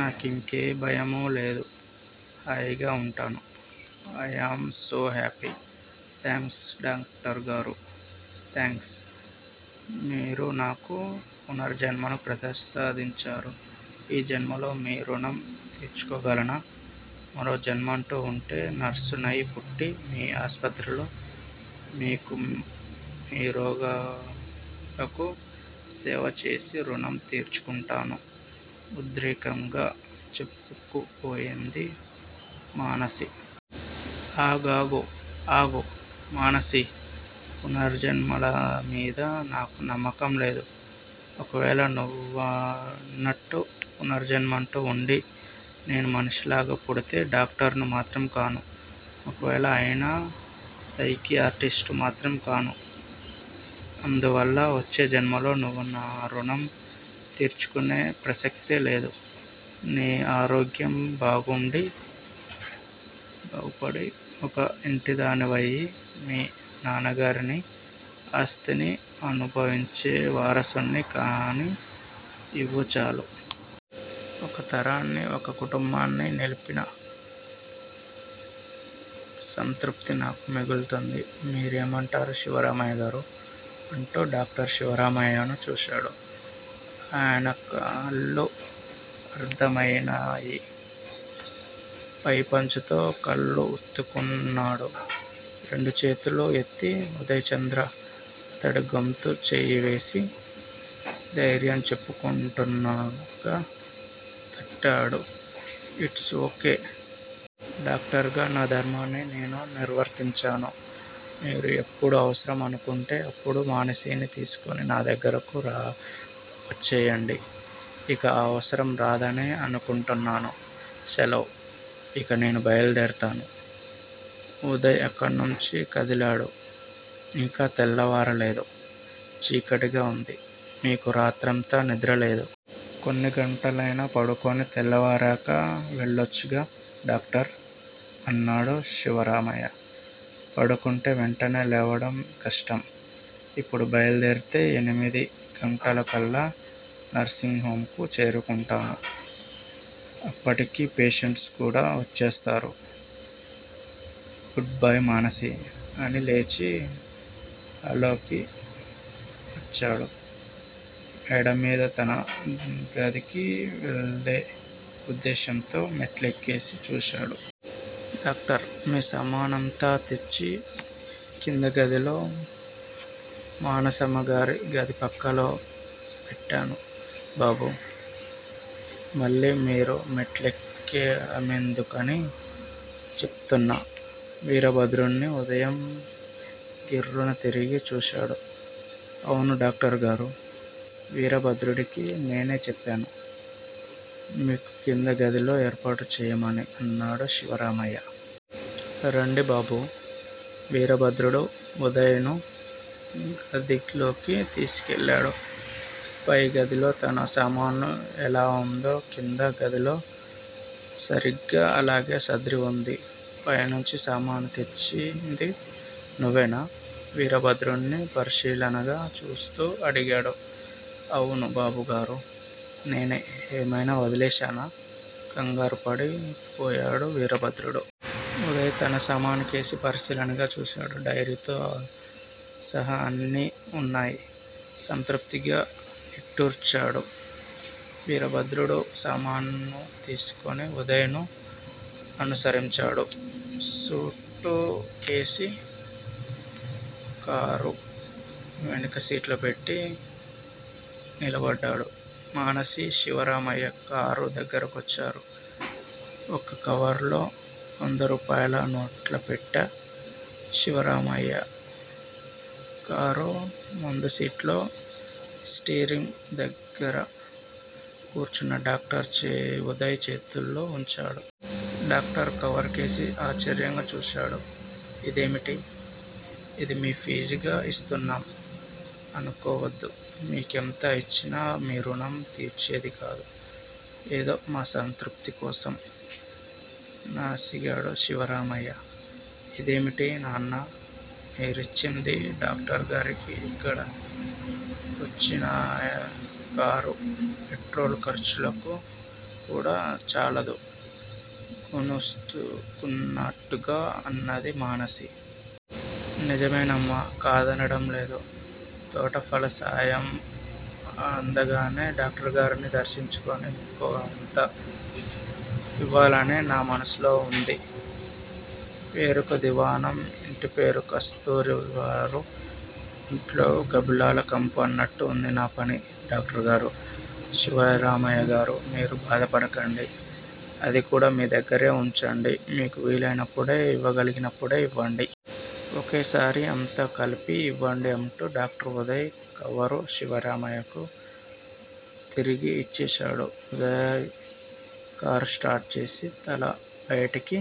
నాకింకే భయమూలేదు. హాయిగా వుంటాను. I am so happy! Thanks doctor గారూ! థ్యాంక్స్? మీరు నాకు పునర్జన్మను ప్రసాదించారు. ఈ జన్మలో మీ రుణం తీర్చుకోగలనా? మరో జన్మంటూ వుంటే, నర్సు నై పుట్టి మీ ఆసుపత్రిలో, మీకూ, మీ రోగాలకూ సేవచేసి మీ రుణం తీర్చుకుంటాను ఉద్రేకంగా చెప్పుకుపోయింది మానసి. ఆగాగు! ఆగు మానసీ! పునర్జన్మలమీద నాకు నమ్మకంలేదు. ఒకవేళ నువ్వన్నట్టు పునర్జన్మంటూ వుండి, నేనుమనిషిగా పుడితే డాక్టర్ను మాత్రం కాను. ఒకవేళ అయినా సైకియాట్రిస్టు మాత్రం కాను. అందువల్ల వచ్చే జన్మలో నువ్వు నా రుణం తీర్చుకొనే ప్రసక్తేలేదు. నీ ఆరోగ్యం బాగుపడి, ఒక ఇంటిదానివయి, మీ నాన్నగారిని ఆస్తిని అణుభావించే వారసుడ్ని కానీ ఇవ్వు చాలు. ఒక తరాన్ని ఒక కుటుంబాన్ని నిలిపిన సంతృప్తి నాకు మిగులుతుంది, మీరేమంటారు శివరామయ్యగారూ? అంటూ డాక్టర్ శివరామయ్యను చూశాడు. ఆయనకళ్ళు ఆర్ద్రమైనాయి. పై పంచతో కళ్ళోత్తుకున్నాడు. రెండు చేతులూ ఎత్తి ఉదయ్ చంద్ర అతడి గొంతు చెయ్యివేసి దైర్యం చెపుకుంటున్నట్టు తట్టాడు. It's కె! డాక్టర్ గా నా ధర్మాన్ని నేను నిర్వర్తించాను మీరు ఎప్పుడు అవసరం అనుకొంటే, అప్పుడు మానసిని తీసుకొని నా దగ్గరకు వచ్చెయ్యండి. ఇక ఆ అవసరం రాదనే అనుకొంటున్నాను. శెలవ్. ఇక నేను బయలుదేర్తాను. ఉదయ్ అక్కడ్నుంచి కదిలాడు. ఇంకా తెల్లవారలేదు. చీకటిగా వుంది. మీకు రాత్రంతా నిద్రలేదు. కొన్ని గంటలైనా పడుకొని, తెల్లవారాకా వెళ్ళోచ్చుగా డాక్టర్! అన్నాడు శివరామయ్య. పడుకుంటే వెంటనే లేవడం కష్టం! ఇప్పుడు బయలుదేరితే ఎనిమిది గంటలకళ్ళా నర్సింగ్ హొమ్ కు చేరుకుంటాను. అప్పటికి ఫేషెంట్సు కూడా వచ్చేస్తారు. Goodbye Manasi! అని లేచి హాల్లోకి వచ్చాడు. మేడమీద తన గదికి వెళ్ళే ఉద్దేశ్యంతో మెట్లకేసి చూశాడు. డాక్టర్! మీ సామానంతా తెచ్చి కింద గదిలో మానసమ్మగారి గది పక్కలో పెట్టాను బాబూ. మళ్ళీ మీరా మెట్లెక్కడమెందుకని చెప్తూన్న వీరభద్రుడ్ని ఉదయం గిర్రున తిరిగి చూశాడు. అవును డాక్టర్ గారూ. వీరభద్రుడికి నేనే చెప్పాను. మీకు కింద గదిలో ఏర్పాటు చెయ్యమని అన్నాడు శివరామయ్య. రండి బాబూ! వీరభద్రుడు ఉదయ్ ను గదిలోకి తీసుకెళ్ళాడు. పై గదిలో తన సామాను ఎలావుందో కింద గదిలో సరిగ్గా అలాగే సర్దివుంది. పైనుంచి సామాను తెచ్చింది నువ్వేనా? వీరభద్రుడ్ని పరిశీలనగా చూస్తూ అడిగాడు. అవును బాబుగారూ! నేనే! ఏమైనా వదిలేశానా? కంగారూపడి పోయాడు వీరభద్రుడు. ఉదయ్ తన సామానుకేసి పరిశీలనగా చూశాడు. డైరీతో సహాఅన్నీ వున్నాయి. సంతృప్తిగా నిట్టూర్చాడు. వీరభద్రుడు సామాను తీసుకొని ఉదయ్ ను అనుసరించాడు. సూట్ కేసు కారు వెనకసీట్లో పెట్టి నిలబడ్డాడు. మానసి, శివరామయ్య కారు దగ్గరకొచ్చారు. ఒక కవరులో వందరూపాయల నోట్లుపెట్ట, శివరామయ్య కారు ముందుసీట్లో స్టీరింగ్ దగ్గిర కూర్చున్న డాక్టర్ ఉదయ్ చేతుల్లో వుంచాడు. డాక్టర్ కవర్ కేసి ఆశ్చర్యంగా చూశాడు. ఇదేమిటి? ఇది మీ ఫీజుగా ఇస్తున్నాం అనుకోవద్దు మీకెంత ఇచ్చినా మీ రుణం తీరేదికాదు. ఏదో మా సంతృప్తికోసం నసిగాడు శివరామయ్య. ఇదేమిటి నాన్నా! మీరిచ్చింది డాక్టర్ గారికి ఇక్కడ వొచ్చినకారు పెట్రోలు ఖర్చులకు కూడా చాలదు. గుణుస్తున్నట్టుగా అన్నది మానసి. నిజమేనమ్మా! కాదనడంలేదు! తోటఫలసాయం అందగానే డాక్టరుగార్ని దర్శించుకొని, ఇంకొంత ఇవ్వాలనే నా మనసులో వుంది. పేరుకు దివాణం. ఇంటిపేరు కస్తూరివారు, ఇంట్లో గబ్బిలాలు కంపు అన్నట్టుంది నా పని డాక్టరుగారూ? శివరామయ్యగారూ! మీరు బాధపడకండి. అదికూడా మీ దగ్గిరే వుంచండి. మీకు వీలైనప్పుడే, ఇవ్వగలగినప్పుడే ఇవ్వండి. ఒకేసారిఅంతా కలిపి ఇవ్వండి అంటూ డాక్టర్ ఉదయ్, కవరు శివరామయ్యకు తిరిగి ఇచ్చేశాడు. ఉదయ్ కారు స్టార్ట్ చేసి తల బయటికి